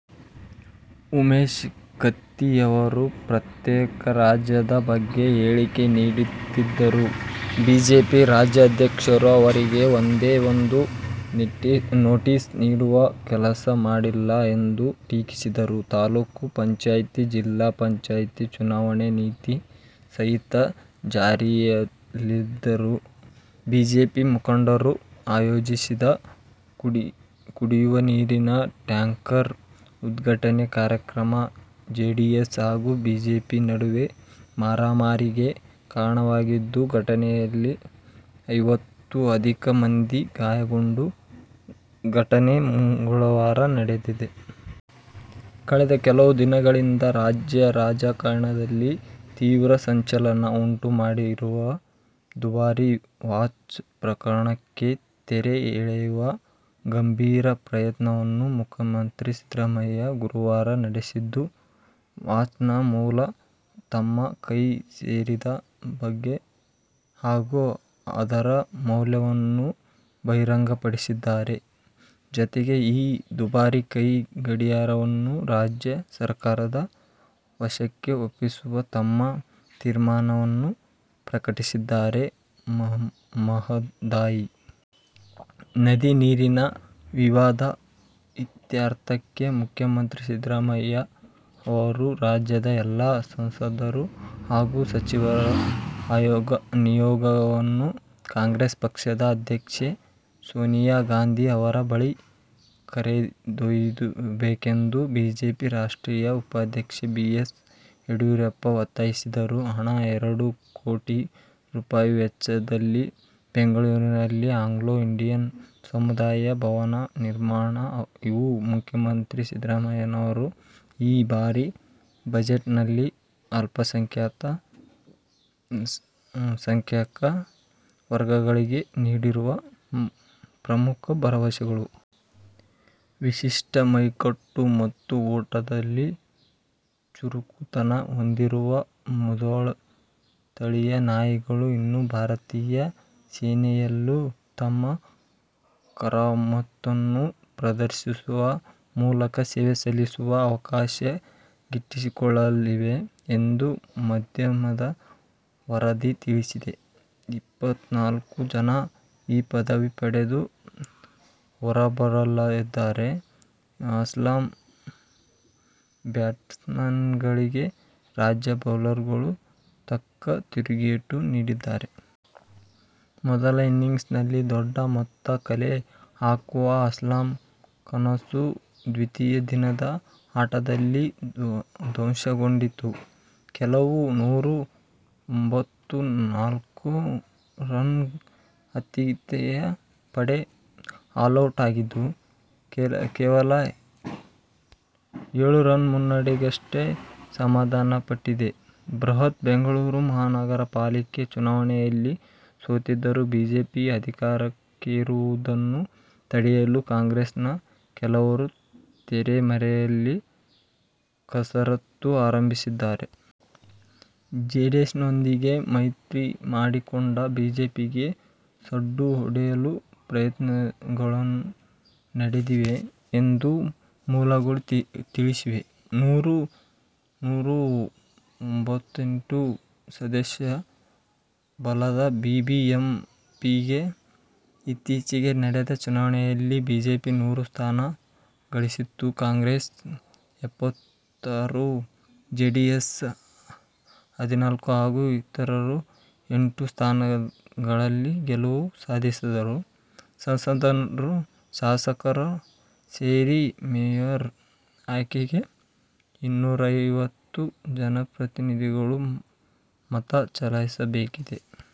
ಉಮೇಶ ಕತ್ತಿ ಅವರು ಪ್ರತ್ಯೇಕ ರಾಜ್ಯದ ಬಗ್ಗೆ ಹೇಳಿಕೆ ನೀಡುತ್ತಿದ್ದರೂ ಬಿಜೆಪಿ ರಾಜ್ಯಾಧ್ಯಕ್ಷರು ಅವರಿಗೆ ಒಂದೇ ಒಂದು ನೋಟಿಸ್ ನೀಡುವ ಕೆಲಸ ಮಾಡಿಲ್ಲ ಎಂದು ಟೀಕಿಸಿದರು. ತಾಲೂಕು ಪಂಚಾಯಿತಿ ಜಿಲ್ಲಾ ಪಂಚಾಯಿತಿ ಚುನಾವಣೆ ನೀತಿ ಸಂಹಿತೆ ಜಾರಿಯಲ್ಲಿದ್ದರೂ ಬಿಜೆಪಿ ಮುಖಂಡರು ಆಯೋಜಿಸಿದ್ದ ಕುಡಿಯುವ ನೀರಿನ ಟ್ಯಾಂಕರ್ ಉದ್ಘಾಟನೆ ಕಾರ್ಯಕ್ರಮ ಜೆಡಿಎಸ್ ಹಾಗೂ ಬಿಜೆಪಿ ನಡುವೆ ಮಾರಾಮಾರಿಗೆ ಕಾರಣವಾಗಿದ್ದು, ಘಟನೆಯಲ್ಲಿ ಐವತ್ತಕ್ಕೂ ಅಧಿಕ ಮಂದಿ ಗಾಯಗೊಂಡ ಘಟನೆ ಮಂಗಳವಾರ ನಡೆದಿದೆ. ಕಳೆದ ಕೆಲವು ದಿನಗಳಿಂದ ರಾಜ್ಯ ರಾಜಕಾರಣದಲ್ಲಿ ತೀವ್ರ ಸಂಚಲನ ಉಂಟು ಮಾಡಿರುವ ದುಬಾರಿ ವಾಚ್ ಪ್ರಕರಣಕ್ಕೆ ತೆರೆ ಎಳೆಯುವ ಗಂಭೀರ ಪ್ರಯತ್ನವನ್ನು ಮುಖ್ಯಮಂತ್ರಿ ಸಿದ್ದರಾಮಯ್ಯ ಗುರುವಾರ ನಡೆಸಿದ್ದು, ವಾಚ್ನ ಮೂಲ, ತಮ್ಮ ಕೈ ಸೇರಿದ ಬಗೆ ಹಾಗೂ ಅದರ ಮೌಲ್ಯವನ್ನು ಬಹಿರಂಗಪಡಿಸಿದ್ದಾರೆ. ಜತೆಗೆ, ಈ ದುಬಾರಿ ಕೈ ಗಡಿಯಾರವನ್ನು ರಾಜ್ಯ ಸರ್ಕಾರದ ವಶಕ್ಕೆ ಒಪ್ಪಿಸುವ ತಮ್ಮ ತೀರ್ಮಾನವನ್ನು ಪ್ರಕಟಿಸಿದ್ದಾರೆ. ಮಹದಾಯಿ ನದಿ ನೀರಿನ ವಿವಾದ ಇತ್ಯರ್ಥಕ್ಕೆ ಮುಖ್ಯಮಂತ್ರಿ ಸಿದ್ದರಾಮಯ್ಯ ಅವರು ರಾಜ್ಯದ ಎಲ್ಲ ಸಂಸದರು ಹಾಗೂ ಸಚಿವರ ನಿಯೋಗವನ್ನು ಕಾಂಗ್ರೆಸ್ ಪಕ್ಷದ ಅಧ್ಯಕ್ಷೆ ಸೋನಿಯಾ ಗಾಂಧಿ ಅವರ ಬಳಿ ಕರೆದೊಯ್ಯಬೇಕೆಂದು ಬಿಜೆಪಿ ರಾಷ್ಟ್ರೀಯ ಉಪಾಧ್ಯಕ್ಷ ಬಿ. ಎಸ್. ಯಡಿಯೂರಪ್ಪ ಒತ್ತಾಯಿಸಿದರು. ಹಣ ಎರಡು ಕೋಟಿ ರೂಪಾಯಿ ವೆಚ್ಚದಲ್ಲಿ ಬೆಂಗಳೂರಿನಲ್ಲಿ 'ಆಂಗ್ಲೋ ಇಂಡಿಯನ್ ಸಮುದಾಯ ಭವನ' ನಿರ್ಮಾಣ, ಇವು ಮುಖ್ಯಮಂತ್ರಿ ಸಿದ್ದರಾಮಯ್ಯನವರು ಈ ಬಾರಿ ಬಜೆಟ್ನಲ್ಲಿ ಅಲ್ಪಸಂಖ್ಯಾಕ ವರ್ಗಗಳಿಗೆ ನೀಡಿರುವ ಪ್ರಮುಖ ಭರವಸೆಗಳು. ವಿಶಿಷ್ಟ ಮೈಕಟ್ಟು ಮತ್ತು ಓಟದಲ್ಲಿ ಚುರುಕುತನ ಹೊಂದಿರುವ ಮುಧೋಳ ತಳಿಯ ನಾಯಿಗಳು ಇನ್ನು ಭಾರತೀಯ ಸೇನೆಯಲ್ಲೂ ತಮ್ಮ ಕರಾಮತ್ತನ್ನು ಪ್ರದರ್ಶಿಸುವ ಮೂಲಕ ಸೇವೆ ಸಲ್ಲಿಸುವ ಅವಕಾಶ ಗಿಟ್ಟಿಸಿಕೊಳ್ಳಲಿವೆ ಎಂದು ಮಾಧ್ಯಮದ ವರದಿ ತಿಳಿಸಿದೆ. ಇಪ್ಪತ್ತನಾಲ್ಕು ಜನ ಈ ಪದವಿ ಪಡೆದು ಹೊರಬರಲಿದ್ದಾರೆ. ಅಸ್ಸಾಂ ಬ್ಯಾಟ್ಸ್ಮನ್ಗಳಿಗೆ ರಾಜ್ಯ ಬೌಲರ್ಗಳು ತಕ್ಕ ತಿರುಗೇಟು ನೀಡಿದ್ದಾರೆ. ಮೊದಲ ಇನಿಂಗ್ಸ್ನಲ್ಲಿ ದೊಡ್ಡ ಮೊತ್ತ ಕಲೆ ಹಾಕುವ ಅಸ್ಸಾಂ ಕನಸು ದ್ವಿತೀಯ ದಿನದ ಆಟದಲ್ಲಿ ಧ್ವಂಸಗೊಂಡಿತು. ಕೇವಲ ನೂರ ತೊಂಭತ್ತ ನಾಲ್ಕು ರನ್ಗೆ ಆತಿಥೇಯ ಪಡೆ ಆಲೌಟ್ ಆಗಿದ್ದು, ಕೇವಲ ಎಳು ರನ್ ಮುನ್ನಡೆಗಷ್ಟೇ ಸಮಾಧಾನಪಟ್ಟಿದೆ. ಬೃಹತ್ ಬೆಂಗಳೂರು ಮಹಾನಗರ ಪಾಲಿಕೆ ಚುನಾವಣೆಯಲ್ಲಿ ಸೋತಿದ್ದರೂ, ಬಿಜೆಪಿ ಅಧಿಕಾರಕ್ಕೇರುವುದನ್ನು ತಡೆಯಲು ಕಾಂಗ್ರೆಸ್ನ ಕೆಲವರು ತೆರೆಮರೆಯಲ್ಲಿ ಕಸರತ್ತು ಆರಂಭಿಸಿದ್ದಾರೆ. ಜೆಡಿಎಸ್ನೊಂದಿಗೆ ಮೈತ್ರಿ ಮಾಡಿಕೊಂಡು ಬಿಜೆಪಿಗೆ ಸಡ್ಡು ಹೊಡೆಯಲು ಪ್ರಯತ್ನಗಳು ನಡೆದಿವೆ ಎಂದು ಮೂಲಗಳು ತಿಳಿಸಿವೆ. ನೂರ ತೊಂಭತ್ತೆಂಟು ಸದಸ್ಯ ಬಲದ ಬಿ ಬಿ ಎಂ ಪಿ ಗೆ ಇತ್ತೀಚೆಗೆ ನಡೆದ ಚುನಾವಣೆಯಲ್ಲಿ ಬಿಜೆಪಿ ನೂರು ಸ್ಥಾನ ಗಳಿಸಿತ್ತು. ಕಾಂಗ್ರೆಸ್ ಎಪ್ಪತ್ತಾರು, ಜೆ ಡಿ ಎಸ್ ಹದಿನಾಲ್ಕು ಹಾಗೂ ಇತರರು ಎಂಟು ಸ್ಥಾನಗಳಲ್ಲಿ ಗೆಲುವು ಸಾಧಿಸಿದ್ದರು. ಸಂಸದರು, ಶಾಸಕರು ಸೇರಿ ಮೇಯರ್ ಆಯ್ಕೆಗೆ ಇನೂರೈವತ್ತು ಜನಪ್ರತಿನಿಧಿಗಳು ಮತ ಚಲಾಯಿಸಬೇಕಿದೆ.